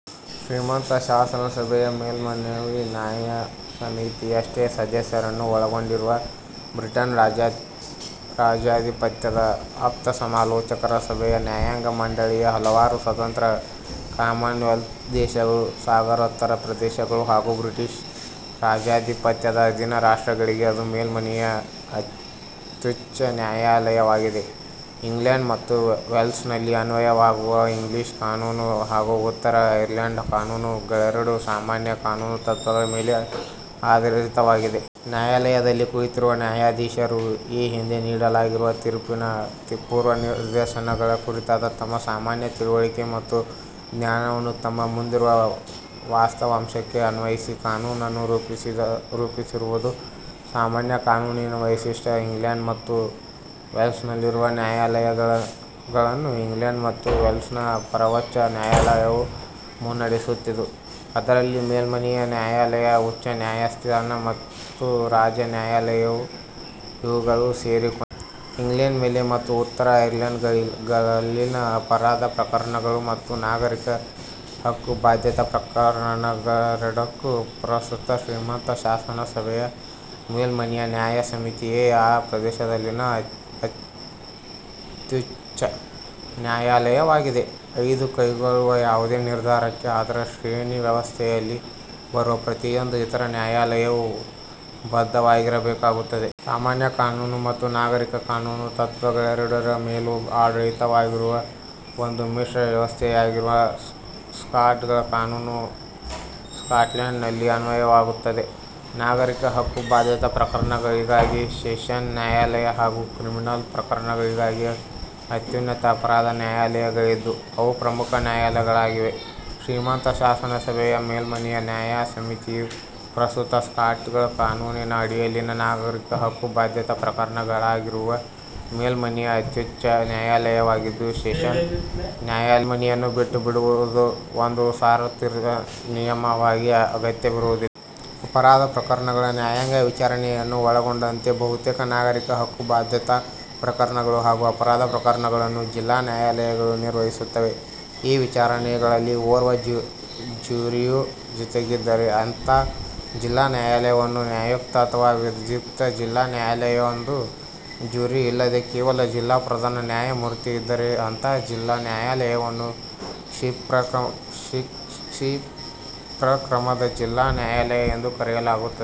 ಶ್ರೀಮಂತ ಶಾಸನಸಭೆ ಯ ಮೇಲ್ಮನವಿ ನ್ಯಾಯಸಮಿತಿಯಷ್ಟೇ ಸದಸ್ಯರನ್ನು ಒಳಗೊಂಡಿರುವ ಬ್ರಿಟನ್ ರಾಜಾಧಿಪತ್ಯದ ಆಪ್ತಸಮಾಲೋಚಕರ ಸಭೆಯ ನ್ಯಾಯಾಂಗ ಮಂಡಳಿ ಯು ಹಲವಾರು ಸ್ವತಂತ್ರ ಕಾಮನ್ವೆಲ್ತ್ ದೇಶಗಳು, ಸಾಗರೋತ್ತರ ಪ್ರದೇಶಗಳು ಹಾಗೂ ಬ್ರಿಟಿಷ್ ರಾಜಾಧಿಪತ್ಯದ ಅಧೀನ ರಾಷ್ಟ್ರಗಳಿಗೆ ಅದು ಮೇಲ್ಮನವಿಯ ಅತ್ಯುಚ್ಚ ನ್ಯಾಯಾಲಯವಾಗಿದೆ. ಇಂಗ್ಲೆಂಡ್ ಮತ್ತು ವೇಲ್ಸ್ ನಲ್ಲಿ ಅನ್ವಯವಾಗುವ ಇಂಗ್ಲೀಷ್ ಕಾನೂನು ಹಾಗೂ ಉತ್ತರ ಐರ್ಲೆಂಡ್ ಕಾನೂನು ಗಳೆರಡೂ ಸಾಮಾನ್ಯ ಕಾನೂನು ತತ್ವಗಳ ಮೇಲೆ ಆಧರಿತವಾಗಿವೆ. ನ್ಯಾಯಾಲಯ ದಲ್ಲಿ ಕುಳಿತಿರುವ ನ್ಯಾಯಾಧೀಶ ರು, ಈ ಹಿಂದೆ ನೀಡಲಾಗಿರುವ ತೀರ್ಪಿನ ಪೂರ್ವ ನಿದರ್ಶನಗಳ ಕುರಿತಾದ ತಮ್ಮ ಸಾಮಾನ್ಯ ತಿಳುವಳಿಕೆ ಮತ್ತು ಜ್ಞಾನವನ್ನು ತಮ್ಮ ಮುಂದಿರುವ ವಾಸ್ತವಾಂಶಕ್ಕೆ ಅನ್ವಯಿಸಿ, ಕಾನೂನನ್ನು ರೂಪಿಸಿರುವುದು ಸಾಮಾನ್ಯ ಕಾನೂನಿನ ವೈಶಿಷ್ಟ್ಯ. ಇಂಗ್ಲೆಂಡ್ ಮತ್ತು ವೇಲ್ಸ್ನಲ್ಲಿರುವ ನ್ಯಾಯಾಲಯ ಗಳನ್ನು ಇಂಗ್ಲೆಂಡ್ ಮತ್ತು ವೇಲ್ಸ್ನ ಪರಮೋಚ್ಚ ನ್ಯಾಯಾಲಯವು ಮುನ್ನಡೆಸುತ್ತಿದ್ದು, ಅದರಲ್ಲಿ ಮೇಲ್ಮನವಿಯ ನ್ಯಾಯಾಲಯ, ಉಚ್ಚ ನ್ಯಾಯಸ್ಥಾನ ಮತ್ತು ರಾಜ ನ್ಯಾಯಾಲಯ ಇವುಗಳು ಸೇರಿಕೊಂಡಿವೆ. ಇಂಗ್ಲೆಂಡ್, ವೇಲ್ಸ್ ಮತ್ತು ಉತ್ತರ ಐರ್ಲೆಂಡ್ ಗಳಲ್ಲಿನ ಅಪರಾಧ ಪ್ರಕರಣಗಳು ಮತ್ತು ನಾಗರಿಕ ಹಕ್ಕುಬಾಧ್ಯತಾ ಪ್ರಕರಣಗಳೆರಡಕ್ಕೂ ಪ್ರಸ್ತುತ ಶ್ರೀಮಂತ ಶಾಸನ ಸಭೆ ಯ ಮೇಲ್ಮನವಿ ನ್ಯಾಯಸಮಿತಿಯೇ ಆ ಪ್ರದೇಶದಲ್ಲಿನ ಅತ್ಯುಚ್ಚ ನ್ಯಾಯಾಲಯವಾಗಿದೆ. ಇದು ಕೈಗೊಳ್ಳುವ ಯಾವುದೇ ನಿರ್ಧಾರಕ್ಕೆ ಅದರ ಶ್ರೇಣಿ ವ್ಯವಸ್ಥೆಯಲ್ಲಿ ಬರುವ ಪ್ರತಿಯೊಂದು ಇತರ ನ್ಯಾಯಾಲಯವೂ ಬದ್ಧವಾಗಿರಬೇಕಾಗುತ್ತದೆ. ಸಾಮಾನ್ಯ ಕಾನೂನು ಮತ್ತು ನಾಗರಿಕ ಕಾನೂನು ತತ್ವಗಳೆರಡರ ಮೇಲೂ ಆಧರಿತವಾಗಿರುವ ಒಂದು ಮಿಶ್ರ ವ್ಯವಸ್ಥೆಯಾಗಿರುವ ಸ್ಕಾಟ್ಗಳ ಕಾನೂನು ಸ್ಕಾಟ್ಲೆಂಡ್ ನಲ್ಲಿ ಅನ್ವಯವಾಗುತ್ತದೆ. ನಾಗರಿಕ ಹಕ್ಕುಬಾಧ್ಯತಾ ಪ್ರಕರಣಗಳಿಗಾಗಿ ಸೆಷನ್ ನ್ಯಾಯಾಲಯ ಹಾಗೂ ಕ್ರಿಮಿನಲ್ ಪ್ರಕರಣಗಳಿಗಾಗಿ ಅತ್ಯುನ್ನತ ಅಪರಾಧ ನ್ಯಾಯಾಲಯ ಗಳಿದ್ದು, ಅವು ಪ್ರಮುಖ ನ್ಯಾಯಾಲಯಗಳಾಗಿವೆ. ಶ್ರೀಮಂತ ಶಾಸನಸಭೆ ಯ ಮೇಲ್ಮನವಿ ನ್ಯಾಯಸಮಿತಿಯು ಪ್ರಸ್ತುತ ಸ್ಕಾಟ್ಗಳ ಕಾನೂನಿನ ಅಡಿಯಲ್ಲಿನ ನಾಗರಿಕ ಹಕ್ಕುಬಾಧ್ಯತಾ ಪ್ರಕರಣಗಳಿಗಾಗಿರುವ ಮೇಲ್ಮನವಿಯ ಅತ್ಯುಚ್ಚ ನ್ಯಾಯಾಲಯವಾಗಿದ್ದು, ಸೆಷನ್ ನ್ಯಾಯಾಲಯದಿಂದ ಮೇಲ್ಮನವಿಯನ್ನು ಬಿಟ್ಟುಬಿಡುವುದು ಒಂದು ಸಾರ್ವತ್ರಿಕ ನಿಯಮವಾಗಿ ಅಗತ್ಯವಿರುವುದಿಲ್ಲ. ಅಪರಾಧ ಪ್ರಕರಣಗಳ ನ್ಯಾಯಾಂಗ ವಿಚಾರಣೆ ಯನ್ನು ಒಳಗೊಂಡಂತೆ, ಬಹುತೇಕ ನಾಗರಿಕ ಹಕ್ಕುಬಾಧ್ಯತಾ ಪ್ರಕರಣಗಳು ಹಾಗೂ ಅಪರಾಧ ಪ್ರಕರಣಗಳನ್ನು ಜಿಲ್ಲಾ ನ್ಯಾಯಾಲಯ ಗಳು ನಿರ್ವಹಿಸುತ್ತವೆ. ಈ ವಿಚಾರಣೆಗಳಲ್ಲಿ ಓರ್ವ ಜ್ಯೂರಿಯು ಜೊತೆಗಿದ್ದರೆ ಅಂಥಾ ಜಿಲ್ಲಾ ನ್ಯಾಯಾಲಯವನ್ನು ನ್ಯಾಯೋಕ್ತ ಅಥವಾ ವಿಧ್ಯುಕ್ತ ಜಿಲ್ಲಾ ನಾಯಾಲಯವೆಂದೂ, ಜ್ಯೂರಿ ಇಲ್ಲದೇ ಕೇವಲ ಜಿಲ್ಲಾ ಪ್ರಧಾನ ನ್ಯಾಯಮೂರ್ತಿಯಿದ್ದರೆ ಅಂಥಾ ಜಿಲ್ಲಾ ನ್ಯಾಯಾಲಯವನ್ನು ಕ್ಷಿಪ್ರಕ್ರಮದ ಜಿಲ್ಲಾ ನ್ಯಾಯಾಲಯ ಎಂದು ಕರೆಯಲಾಗುತ್ತದೆ.